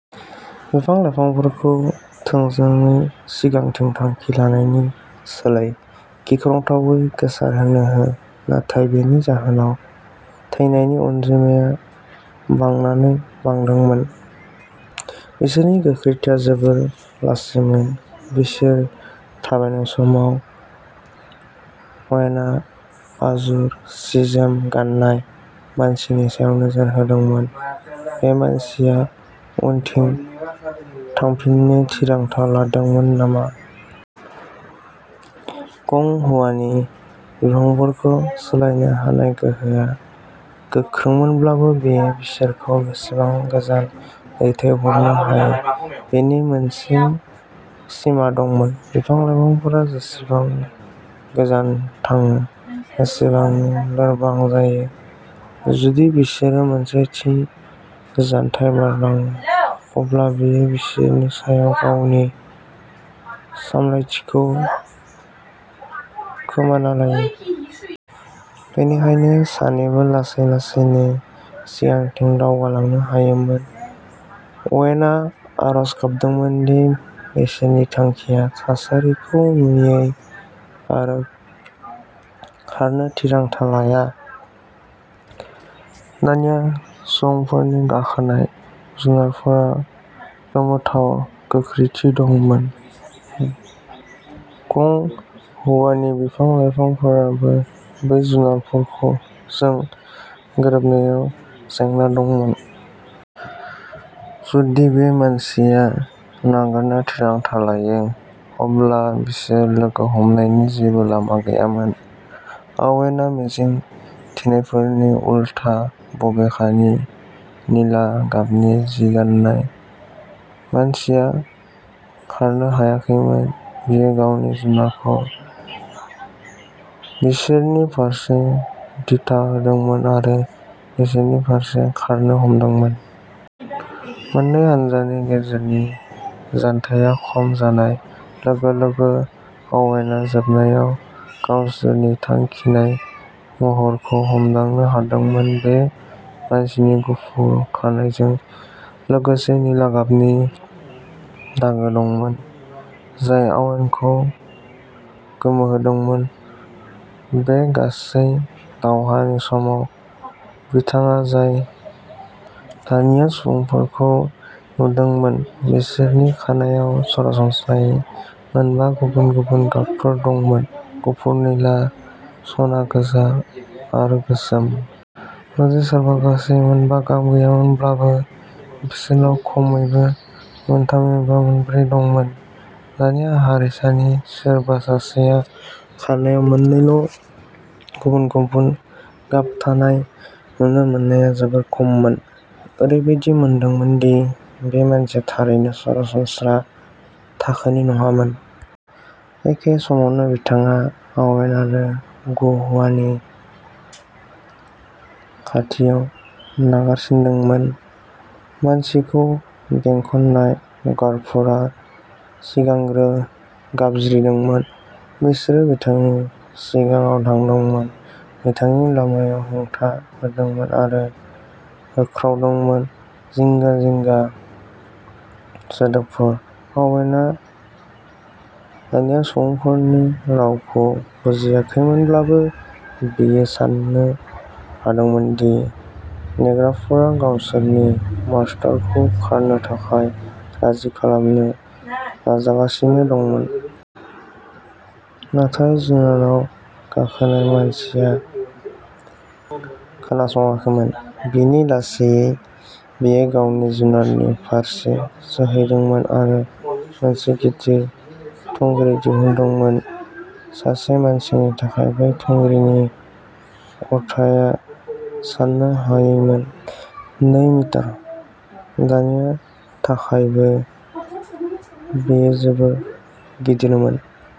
बिफां-लाइफांफोरखौ थोंजोङै सिगांथिं थांखि लानायनि सोलायै गिख्रंथावै गोसारहोनो हो। नाथाय बेनि जाहोनाव, थैनायनि अनजिमाया बांनानै बांदोंमोन। बिसोरनि गोख्रैथिया जोबोद लासैमोन। बिसोर थाबायनाय समाव, अवेनआ आजुर सि-जोम गाननाय मानसिनि सायाव नोजोर होदोंमोन। बे मानसिया उनथिं थांफिननो थिरांथा लादोंमोन नामा? गं हुआनि बिफांफोरखौ सोलायनो हानाय गोहोआ गोख्रोंमोनब्लाबो, बियो बिसोरखौ बेसेबां गोजान दैथायहरनो हायो बेनि मोनसे सिमा दंमोन। बिफां-लाइफांफोरा जेसेबां गोजान थाङो, एसेबांनो लोरबां जायो। जुदि बिसोरो मोनसे थि जानथाय बारलाङो, अब्ला बियो बिसोरनि सायाव गावनि सामलायथिखौ खोमाना लायो। बेनिखायनो सानैबो लासै लासैनो सिगांथिं दावगालांनो हायोमोन। अवेनआ आरज गाबदोंमोन दि बिसोरनि थांखिया थासारिखौ नुयै आरो खारनो थिरांथा लाया। दान्या सुबुंफोरनि गाखोनाय जुनारफोरा गोमोथाव गोख्रैथि दंमोन। गं हुआनि बिफां-लाइफांफोराबो बै जुनारफोरजों गोरोबनायाव जेंना दंमोन। जुदि बे मानसिया नागारनो थिरांथा लायो, अब्ला बिसोर लोगो हमनायनि जेबो लामा गैयामोन। अवेनआ मिजिं थिनायफोरनि उलथा, बबेखानि, निला गाबनि जि गाननाय मानसिया खारनो हायाखैमोन, बियो गावनि जुनारखौ बिसोरनि फारसे दिथा होदोंमोन आरो बिसोरनि फारसे खारनो हमदोंमोन। मोन्नै हान्जानि गेजेरनि जानथाया खम जानाय लोगो-लोगो, अवेनआ जोबनायाव गावसोरनि थांखिनाय महरखौ हमदांनो हादोंमोन। बे मानसिनि गुफुर खानाइजों लोगोसे निला गाबनि दागो दंमोन, जाय अवेनखौ गोमोहोदोंमोन। बे गासै दावहानि समाव, बिथाङा जाय दान्या सुबुंफोरखौ नुदोंमोन, बिसोरनि खानाइआव सरासनस्रायै मोनबा गुबुन-गुबुन गाबफोर दंमोन-गुफुर, निला, सना, गोजा आरो गोसोम। जुदि सोरबा गासै मोनबा गाब गैयाब्लाबो, बिसोरनाव खमैबो मोनथाम एबा मोनब्रै दंमोन। दान्या हारिसानि सोरबा सासेखौ खानाइआव मोननैल'गुबुन-गुबुन गाब थानाय नुनो मोननाया जोबोद खममोन। ओरैबायदि मोनदोंमोन दि बे मानसिया थारैनो सरासनस्रा थाखोनि नङामोन। एखे समावनो, बिथाङा अवेन आरो गं हुआनि खाथियाव नारसिनदोंमोन। मानसिखौ बेंखननाय गार्डफोरा सिगांग्रो गाबज्रिदोंमोन। बिसोरो बिथांनि सिगाङाव थांदोंमोन, बिथांनि लामायाव हेंथा होदोंमोन, आरो होख्रावदोंमोन। जिंगा-जिंगा सोदोबफोर। अवेनआ दान्या सुबुंफोरनि रावखौ बुजियाखैमोनब्लाबो, बियो सान्नो हादोंमोन दि नेग्राफोरा गावसोरनि मास्तरखौ खारनो थाखाय राजि खालामनो नाजागासिनो दंमोन। नाथाय जुनारआव गाखोनाय मानसिया खोनासङाखैमोन। बिनि सोलायै, बियो गावनि जुनारनि फारसे सौहैदोंमोन आरो मोनसे गिदिर थुंग्रि दिहुनदोंमोन। सासे मानसिनि थाखाय, बै थुंग्रिनि अरथाइया साननो हायैमोन। नै मिटार दान्यानि थाखायबो, बेयो जोबोद गिदिरमोन।